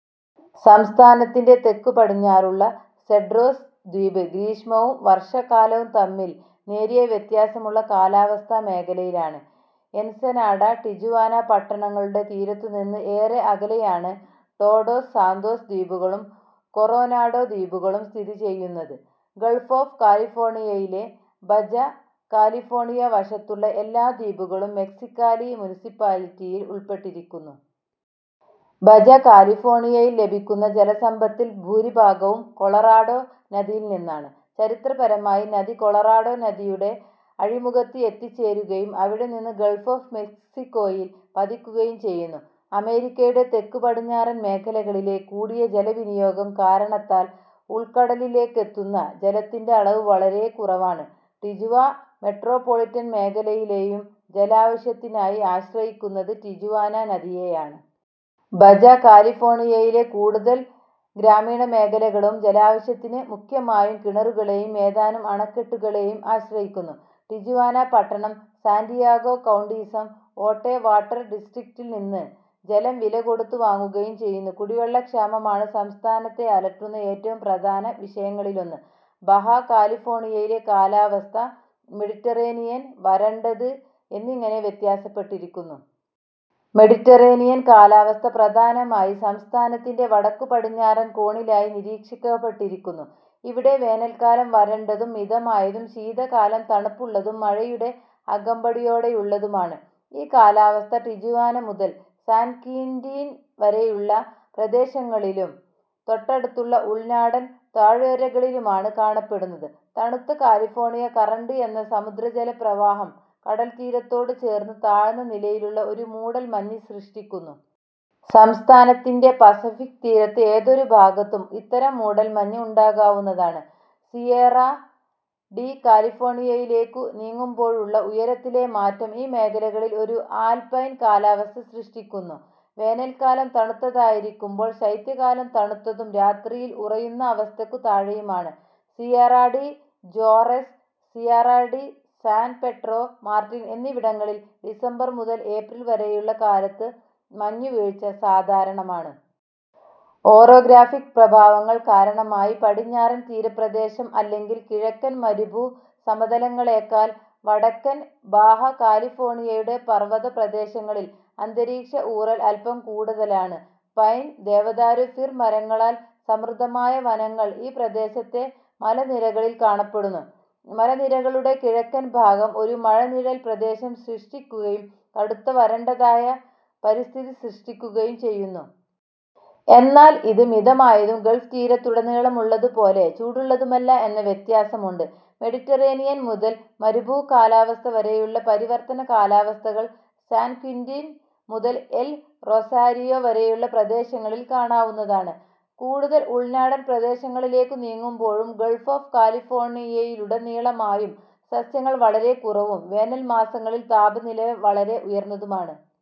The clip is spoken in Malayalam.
സംസ്ഥാനത്തിൻറെ തെക്കുപടിഞ്ഞാറുള്ള സെഡ്രോസ് ദ്വീപ് ഗ്രീഷ്മവും വർഷകാലവും തമ്മിൽ നേരിയ വ്യത്യാസമുള്ള കാലാവസ്ഥാ മേഖലയിലാണ്. എൻസെനാഡ, ടിജുവാന പട്ടണങ്ങളുടെ തീരത്തുനിന്ന ഏറെ അകലെയാണ് ടോഡോസ് സാന്തോസ് ദ്വീപുകളും കൊറോനാഡോ ദ്വീപുകളും സ്ഥിതി ചെയ്യുന്നത്. ഗൾഫ് ഓഫ് കാലിഫോർണിയയിലെ ബജ കാലിഫോർണിയ വശത്തുള്ള എല്ലാ ദ്വീപുകളും മെക്സിക്കാലി മുനിസിപ്പാലിറ്റിയിൽ ഉള്പ്പെട്ടിരിക്കുന്നു. ബജ കാലിഫോർണിയയിൽ ലഭിക്കുന്ന ജലസമ്പത്തിൽ ഭൂരിഭാഗവും കൊളറാഡോ നദിയിൽനിന്നാണ്. ചരിത്രപരമായി നദി കോളറോഡോ നദിയുടെ അഴിമുഖത്ത് എത്തിച്ചേരുകയും അവിടെനിന്ന് ഗൾഫ് ഓഫ് മെക്സിക്കോയിൽ പതിക്കുകയും ചെയ്യുന്നു. അമേരിക്കയുടെ തെക്കുപടിഞ്ഞാറൻ മേഖലകളിലെ കൂടിയ ജലവിനിയോഗം കാരണത്താൽ ഉൾക്കടലിലേയ്ക്കെത്തുന്ന ജലത്തിൻറ അളവ് വളരെ കുറവാണ്. ടിജുവാ മെട്രോപോളിറ്റൻ മേഖലയിലയും ജലാവശ്യത്തിനായി ആശ്രയിക്കുന്നത് ടിജുവാന നദിയെയാണ്. ബജ കാലിഫോർണിയയിലെ കൂടുതൽ ഗ്രാമീണമേഖലകളും ജലാവശ്യത്തിന് മുഖ്യമായും കിണറുകളെയും ഏതാനും അണക്കെട്ടുകളേയും ആശ്രയിക്കുന്നു. ടിജുവാന പട്ടണം, സാൻഡിയാഗോ കൌണ്ടിയിസം ഓട്ടെ വാട്ടർ ഡിസ്ട്രിക്റ്റിൽ നിന്ന് ജലം വിലകൊടുത്തു വാങ്ങുകയും ചെയ്യുന്നു. കുടിവെള്ള ക്ഷാമമാണ് സംസ്ഥാനത്തെ അലട്ടുന്ന ഏറ്റവും പ്രധാനവിഷയങ്ങളിലൊന്ന്. ബഹാ കാലിഫോർണിയയിലെ കാലാവസ്ഥ മെഡിറ്ററേനിയൻ, വരണ്ടത് എന്നിങ്ങനെയായി വ്യത്യാസപ്പെട്ടിരിക്കുന്നു. മെഡിറ്ററേനിയൻ കാലാവസ്ഥ പ്രധാനമായി സംസ്ഥാനത്തിന്റെ വടക്കുപടിഞ്ഞാറൻ കോണിലായി നിരീക്ഷിക്കപ്പെട്ടിരിക്കുന്നു. ഇവിടെ വേനൽക്കാലം വരണ്ടതും മിതമായതും ശീതകാലം തണുപ്പുള്ളതും മഴയുടെ അകമ്പടിയോടെയുള്ളതുമാണ്. ഈ കാലാവസ്ഥ ടിജുവാന മുതൽ സാൻ ക്വിന്റീൻ വരെയുള്ള പ്രദേശങ്ങളിലും തൊട്ടടുത്തുള്ള ഉൾനാടൻ താഴ്വരകളിലുമാണ് കാണപ്പെടുന്നത്. തണുത്ത കാലിഫോർണിയ കറണ്ട് എന്ന സമുദ്രജലപ്രവാഹം കടൽത്തീരത്തോടു ചേർന്ന് താഴ്ന്ന നിലയിലുള്ള ഒരു മൂടൽ മഞ്ഞ് സൃഷ്ടിക്കുന്നു. സംസ്ഥാനത്തിന്റെ പസഫിക് തീരത്തെ ഏതൊരു ഭാഗത്തും ഇത്തരം മൂടൽ മഞ്ഞ് ഉണ്ടാകാവുന്നതാണ്. സിയേറാ ഡി കാലിഫോർണിയയിലേയ്ക്കു നീങ്ങുമ്പോഴുള്ള ഉയരത്തിലെ മാറ്റം ഈ മേഖലകളിൽ ഒരു ആൽപൈൻ കാലാവസ്ഥ സൃഷ്ടിക്കുന്നു. വേനൽക്കാലം തണുത്തതായിരിക്കുമ്പോൾ ശൈത്യകാലം തണുത്തതും രാത്രിയിൽ ഉറയുന്ന അവസ്ഥയ്ക്കു താഴെയുമാണ്. Sierra de Juarez, Sierra de San Pedro Martir എന്നിവിടങ്ങളിൽ ഡിസംബർ മുതൽ ഏപ്രിൽ വരെയുള്ള കാലത്ത് മഞ്ഞുവീഴ്ച് സാധാരണമാണ്. ഓറോഗ്രാഫിക്ക് പ്രഭാവങ്ങൾ കാരണമായി, പടിഞ്ഞാറൻ തീരപ്രദേശം അല്ലെങ്കിൽ കിഴക്കൻ മരുഭൂ സമതലങ്ങളേക്കാൾ വടക്കൻ ബാഹ കാലിഫോർണിയയുടെ പർവ്വതപ്രദേശങ്ങളിൽ അന്തരീക്ഷ ഊറൽ അൽപ്പം കൂടുതലാണ്. പൈൻ, ദേവദാരു, ഫിർ മരങ്ങളാൽ സമൃദ്ധമായ വനങ്ങൾ ഈ പ്രദേശത്തെ മലനിരകളിൽ കാണപ്പെടുന്നു. മലനിരകളുടെ കിഴക്കൻ ഭാഗം ഒരു മഴനിഴൽ പ്രദേശം സൃഷ്ടിക്കുകയും കടുത്ത വരണ്ടതായ പരിസ്ഥിതി സൃഷ്ടിക്കുകയും ചെയ്യുന്നു. എന്നാൽ ഇത് മിതമായതും ഗൾഫ് തീരത്തുടനീളമുള്ളതുപോലെ ചൂടുള്ളതുമല്ല എന്ന വ്യത്യാസമുണ്ട്. മെഡിറ്ററേനിയൻ മുതൽ മരുഭൂ കാലാവസ്ഥ വരെയുള്ള പരിവർത്തന കാലാവസ്ഥകൾ സാൻ ക്വിന്റിൻ മുതൽ എൽ റൊസാരിയോ വരെയുള്ള പ്രദേശങ്ങളിൽ കാണാവുന്നതാണ്. കൂടുതൽ ഉൾനാടൻ പ്രദേശങ്ങളിലേയ്ക്കു നീങ്ങുമ്പോഴും ഗൾഫ് ഓഫ് കാലിഫോർണിയയിലുടനീളമായും സസ്യങ്ങൾ വളരെ കുറവും വേനൽ മാസങ്ങളിൽ താപനില വളരെ ഉയർന്നതുമാണ്.